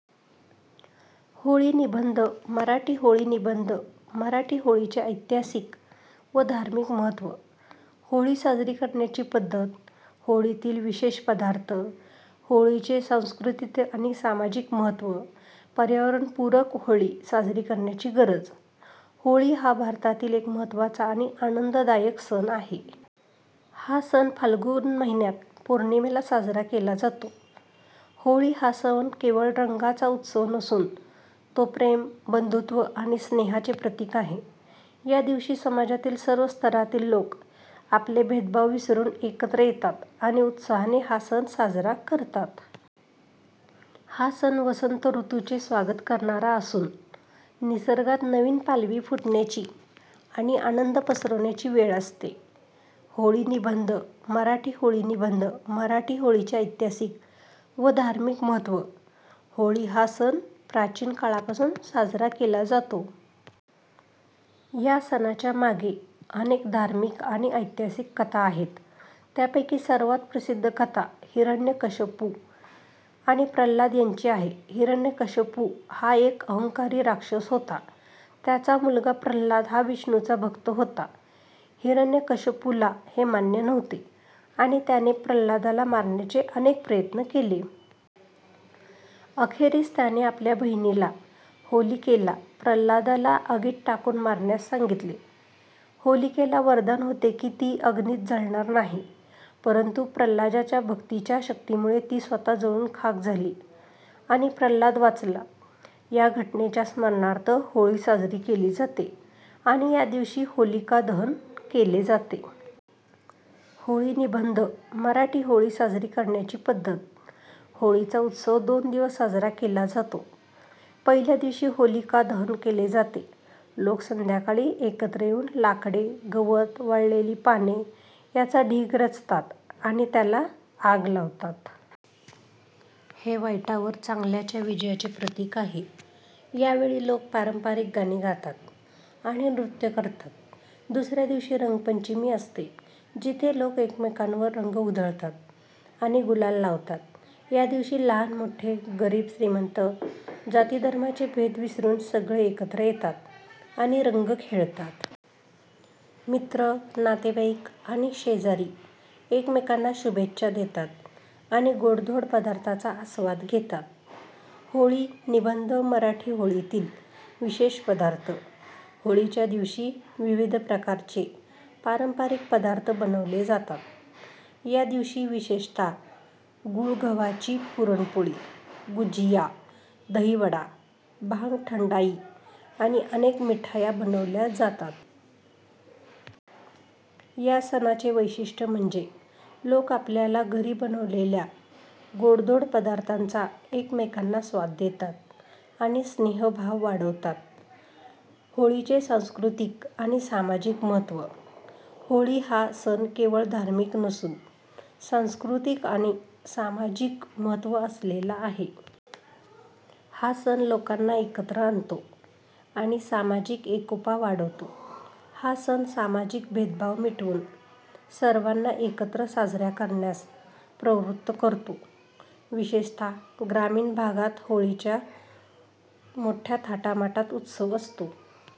होळी निबंध मराठी होळी निबंध मराठी होळीचे ऐतिहासिक व धार्मिक महत्त्व, होळी साजरी करण्याची पद्धत, होळीतील विशेष पदार्थ, होळीचे सांस्कृतिक आणि सामाजिक महत्त्व, पर्यावरणपूरक होळी साजरी करण्याची गरज. होळी हा भारतातील एक महत्त्वाचा आणि आनंददायक सण आहे. हा सण फाल्गुन महिन्यात पौर्णिमेला साजरा केला जातो. होळी हा सण केवळ रंगांचा उत्सव नसून तो प्रेम, बंधुत्व आणि स्नेहाचे प्रतीक आहे. या दिवशी समाजातील सर्व स्तरातील लोक आपले भेदभाव विसरून एकत्र येतात आणि उत्साहाने हा सण साजरा करतात. हा सण वसंत ऋतूचे स्वागत करणारा असून निसर्गात नवीन पालवी फुटण्याची आणि आनंद पसरवण्याची वेळ असते. होळी निबंध मराठी होळी निबंध मराठी होळीचे ऐतिहासिक व धार्मिक महत्त्व. होळी हा सण प्राचीन काळापासून साजरा केला जात आहे. या सणाच्या मागे अनेक धार्मिक आणि ऐतिहासिक कथा आहेत. त्यापैकी सर्वात प्रसिद्ध कथा हिरण्यकश्यपू आणि प्रल्हाद यांची आहे. हिरण्यकश्यपू हा एक अहंकारी राक्षस राजा होता. त्याचा मुलगा प्रल्हाद हा विष्णूचा भक्त होता. हिरण्यकश्यपूला हे मान्य नव्हते आणि त्याने प्रल्हादाला मारण्याचे अनेक प्रयत्न केले. अखेरीस त्याने आपल्या बहिणीला, होलिकेला, प्रल्हादाला अग्नीत टाकून मारण्यास सांगितले. होलिकेला वरदान होते की ती अग्नीत जळणार नाही, परंतु प्रल्हादाच्या भक्तीच्या शक्तीमुळे ती स्वतः जळून खाक झाली आणि प्रल्हाद वाचला. या घटनेच्या स्मरणार्थ होळी साजरी केली जाते आणि या दिवशी होलिका दहन केले जाते. होळी निबंध मराठी होळी साजरी करण्याची पद्धत. होळीचा उत्सव दोन दिवस साजरा केला जातो. पहिल्या दिवशी होलिका दहन केले जाते. लोक संध्याकाळी एकत्र येऊन लाकडे, गवत, वाळलेली पाने यांचा ढीग रचतात आणि त्याला आग लावतात. हे वाईटावर चांगल्याच्या विजयाचे प्रतीक आहे. या वेळी लोक पारंपरिक गाणी गातात आणि नृत्य करतात. दुसऱ्या दिवशी रंगपंचमी असते, जिथे लोक एकमेकांवर रंग उधळतात आणि गुलाल लावतात. या दिवशी लहान मोठे, गरीब श्रीमंत, जाती धर्माचे भेद विसरून सगळे एकत्र येतात आणि रंग खेळतात. मित्र, नातेवाईक आणि शेजारी एकमेकांना शुभेच्छा देतात आणि गोडधोड पदार्थांचा आस्वाद घेतात. होळी निबंध मराठी होळीतील विशेष पदार्थ. होळीच्या दिवशी विविध प्रकारचे पारंपरिक पदार्थ बनवले जातात. या दिवशी विशेषतः गूळ गव्हाची पुरणपोळी, गुझिया, दहीवडा, भांग ठंडाई आणि अनेक मिठाया बनवल्या जातात. या सणाचे वैशिष्ट्य म्हणजे लोक आपापल्या घरी बनवलेल्या गोडधोड पदार्थांचा एकमेकांना स्वाद देतात आणि स्नेहभाव वाढवतात. होळीचे सांस्कृतिक आणि सामाजिक महत्त्व. होळी हा सण केवळ धार्मिक नसून सांस्कृतिक आणि सामाजिक महत्त्व असलेला आहे. हा सण लोकांना एकत्र आणतो आणि सामाजिक एकोपा वाढवतो. हा सण सामाजिक भेदभाव मिटवून सर्वांना एकत्र साजरा करण्यास प्रवृत्त करतो. विशेषतः ग्रामीण भागात होळीचा मोठ्या थाटामाटात उत्सव असतो.